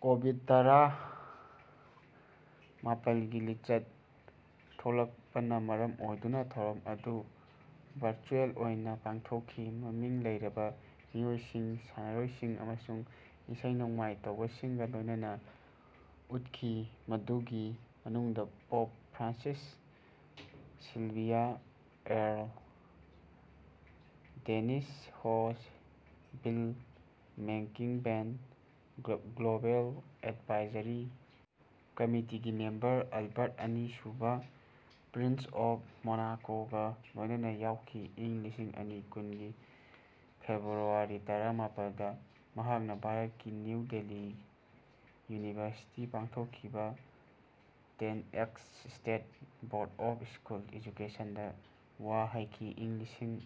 COVID- ꯇꯔꯥ ꯃꯥꯄꯜꯒꯤ ꯂꯥꯏꯆꯠ ꯊꯣꯛꯂꯛꯄꯅ ꯃꯔꯝ ꯑꯣꯏꯗꯨꯅ ꯊꯧꯔꯝ ꯑꯗꯨ ꯚꯔꯆꯨꯑꯦꯜ ꯑꯣꯏꯅ ꯄꯥꯡꯊꯣꯛꯈꯤ꯫ ꯃꯃꯤꯡ ꯂꯩꯔꯕ ꯃꯤꯑꯣꯏꯁꯤꯡ, ꯁꯥꯟꯅꯔꯣꯏꯁꯤꯡ ꯑꯃꯁꯨꯡ ꯏꯁꯩ-ꯅꯣꯡꯃꯥꯏ ꯇꯧꯕꯁꯤꯡꯒ ꯂꯣꯏꯅꯅ ꯎꯠꯈꯤ, ꯃꯗꯨꯒꯤ ꯃꯅꯨꯡꯗ Pope Francis, Sylvia Earle, Dennis Hayes, Bill McKibben, global advisory ꯀꯝꯃꯤꯇꯤꯒꯤ ꯃꯦꯝꯕꯔ ꯑꯜꯕꯔꯠ ꯑꯅꯤ ꯁꯨꯕ (ꯄ꯭ꯔꯤꯟꯁ ꯑꯣꯐ ꯃꯣꯅꯥꯀꯣ)ꯒꯥ ꯂꯣꯏꯅꯅ ꯌꯥꯎꯈꯤ꯫ꯏꯪ ꯂꯤꯁꯤꯡ ꯑꯅꯤ ꯀꯨꯟꯒꯤ ꯐꯦꯕ꯭ꯔꯨꯋꯥꯔꯤ ꯇꯔꯥ ꯃꯥꯄꯜꯗ ꯃꯍꯥꯛꯅ ꯚꯥꯔꯠꯀꯤ ꯅ꯭ꯌꯨ ꯗꯦꯜꯍꯤ ꯌꯨꯅꯤꯚꯔꯁꯤꯇꯤ ꯄꯥꯡꯊꯣꯛꯈꯤꯕ TEDx state board of school education ꯗ ꯋꯥ ꯍꯥꯏꯈꯤ꯫ ꯏꯪ ꯂꯤꯁꯤꯡ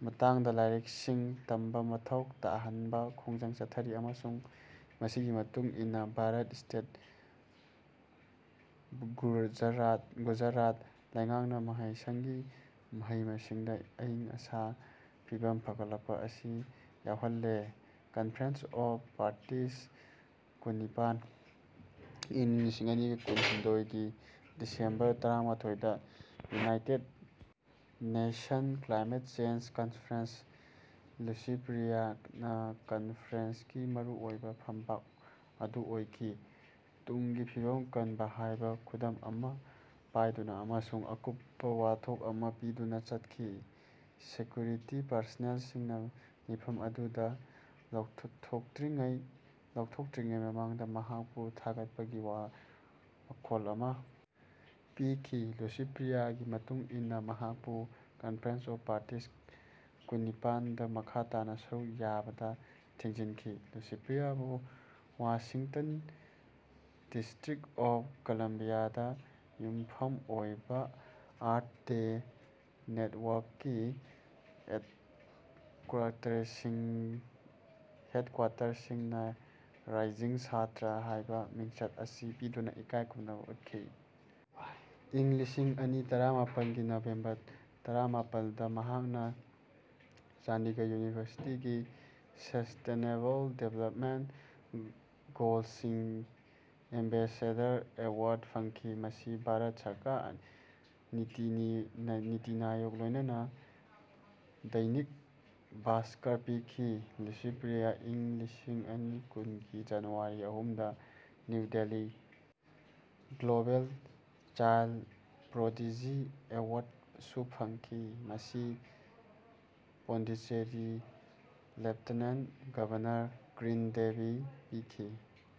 ꯃꯇꯥꯡꯗ ꯂꯥꯏꯔꯤꯛꯁꯤꯡ ꯇꯝꯕ ꯃꯊꯧ ꯇꯥꯍꯟꯅꯕ ꯈꯣꯡꯖꯪ ꯆꯠꯊꯔꯤ, ꯑꯃꯁꯨꯡ ꯃꯁꯤꯒꯤ ꯃꯇꯨꯡ ꯏꯟꯅ ꯚꯥꯔꯠꯀꯤ ꯁ꯭ꯇꯦꯠ ꯒꯨꯖꯔꯥꯠ ꯂꯩꯉꯥꯛꯅ ꯃꯍꯩꯁꯪꯒꯤ ꯃꯍꯩ-ꯃꯁꯤꯡꯗ ꯑꯏꯪ-ꯑꯁꯥꯒꯤ ꯐꯤꯚꯝ ꯐꯒꯠꯂꯛꯄ ꯑꯁꯤ ꯌꯥꯎꯍꯜꯂꯦ꯫ 'ꯀꯟꯐꯔꯦꯟꯁ ꯑꯣꯐ ꯄꯥꯔꯇꯤꯁ ꯀꯨꯟꯅꯤꯄꯥꯟ, ꯏꯪ ꯂꯤꯁꯤꯡ ꯑꯅꯤ ꯀꯨꯟꯍꯨꯝꯗꯣꯏꯒꯤ ꯗꯤꯁꯦꯝꯕꯔ ꯇꯔꯥꯃꯊꯣꯏꯗ, ꯌꯨꯅꯥꯏꯇꯦꯗ ꯅꯦꯁꯟꯁ ꯀ꯭ꯂꯥꯏꯃꯦꯠ ꯆꯦꯟꯖ ꯀꯟꯐꯔꯦꯟꯁꯇ ꯂꯤꯁꯤꯄ꯭ꯔꯤꯌꯥꯅ ꯀꯟꯐꯔꯦꯟꯁꯀꯤ ꯃꯔꯨꯑꯣꯏꯕ ꯐꯝꯕꯥꯛ ꯑꯗꯨꯗ ꯑꯩꯈꯣꯏꯒꯤ ꯇꯨꯡꯒꯤ ꯐꯤꯕꯝ ꯀꯟꯕ ꯍꯥꯏꯕ ꯈꯨꯗꯝ ꯑꯃ ꯄꯥꯏꯗꯨꯅ ꯑꯃꯁꯨꯡ ꯑꯀꯨꯞꯄ ꯋꯥꯊꯣꯛ ꯑꯃ ꯄꯤꯗꯨꯅ ꯆꯠꯈꯤ꯫ ꯁꯦꯀ꯭ꯌꯨꯔꯤꯇꯤ ꯄꯔꯁꯅꯦꯜꯁꯤꯡꯅ ꯃꯤꯐꯝ ꯑꯗꯨꯗꯒꯤ ꯂꯥꯎꯊꯣꯛꯇ꯭ꯔꯤꯉꯩ ꯂꯧꯊꯣꯛꯇ꯭ꯔꯤꯉꯩ ꯃꯃꯥꯡꯗ ꯃꯍꯥꯛꯄꯨ ꯊꯥꯒꯠꯄꯒꯤ ꯃꯈꯣꯜ ꯑꯃ ꯄꯤꯈꯤ꯫ ꯂꯤꯁꯤꯄ꯭ꯔꯤꯌꯥꯒꯤ ꯃꯇꯨꯡ ꯏꯟꯅ ꯃꯍꯥꯛꯄꯨ ꯀꯟꯐꯔꯦꯟꯁ ꯑꯣꯐ ꯄꯥꯔꯇꯤꯁ ꯀꯨꯟꯅꯤꯄꯥꯟꯗ ꯃꯈꯥ ꯇꯥꯅ ꯁꯔꯨꯛ ꯌꯥꯕꯗ ꯊꯤꯡꯖꯤꯟꯈꯤ꯫ꯂꯤꯁꯤꯄ꯭ꯔꯤꯌꯥꯕꯨ ꯋꯥꯁꯤꯡꯇꯟ, ꯗꯤꯁꯇ꯭ꯔꯤꯛ ꯑꯣꯐ ꯀꯂꯝꯕꯤꯌꯥ ꯗ ꯌꯨꯝꯐꯝ ꯑꯣꯏꯕ ꯑꯔꯊ ꯗꯦ ꯅꯦꯠꯋꯥꯔꯛꯀꯤ ꯍꯦꯗꯀ꯭ꯋꯥꯇꯔꯁꯤꯡꯅ ꯔꯥꯏꯖꯤꯡ ꯁ꯭ꯇꯥꯔ ꯍꯥꯏꯕ ꯃꯤꯡꯆꯠ ꯑꯁꯤ ꯄꯤꯗꯨꯅ ꯏꯀꯥꯏ ꯈꯨꯝꯅꯕ ꯎꯠꯈꯤ꯫ ꯏꯪ ꯂꯤꯁꯤꯡ ꯑꯅꯤ ꯇꯔꯥꯃꯥꯄꯜꯒꯤ ꯅꯣꯚꯦꯝꯕꯔ ꯇꯔꯥꯃꯥꯄꯜꯗ, ꯃꯍꯥꯛꯅ ꯆꯟꯗꯤꯒꯔ ꯌꯨꯅꯤꯚꯔꯁꯤꯇꯤ ꯁꯁꯇꯦꯅꯦꯕꯜ ꯗꯦꯚꯦꯂꯞꯃꯦꯟꯠ ꯒꯣꯜꯁꯒꯤ ꯑꯦꯝꯕꯦꯁꯦꯗꯔ ꯑꯦꯋꯥꯔ꯭ꯗ ꯐꯪꯈꯤ ꯃꯁꯤ ꯚꯥꯔꯠ ꯁꯔꯀꯥꯔ ꯅꯤꯇꯤ ꯑꯥꯌꯣꯒ ꯂꯣꯏꯅꯅꯥ ꯗꯩꯅꯤꯛ ꯚꯥꯁꯀꯔ ꯄꯤꯈꯤ꯫ ꯂꯤꯁꯤꯄ꯭ꯔꯤꯌꯥꯅ ꯏꯪ ꯂꯤꯁꯤꯡ ꯑꯅꯤ ꯀꯨꯟꯒꯤ ꯖꯅꯨꯋꯥꯔꯤ ꯑꯍꯨꯝꯗ New Delhi global child prodigy award ꯁꯨ ꯐꯪꯈꯤ, ꯃꯁꯤ ꯄꯣꯟꯗꯤꯆꯦꯔꯤ ꯂꯦꯐꯇꯦꯅꯦꯟꯠ ꯒꯕꯔꯅꯔ ꯀꯤꯔꯟ ꯕꯦꯗꯤ ꯄꯤꯈꯤ꯫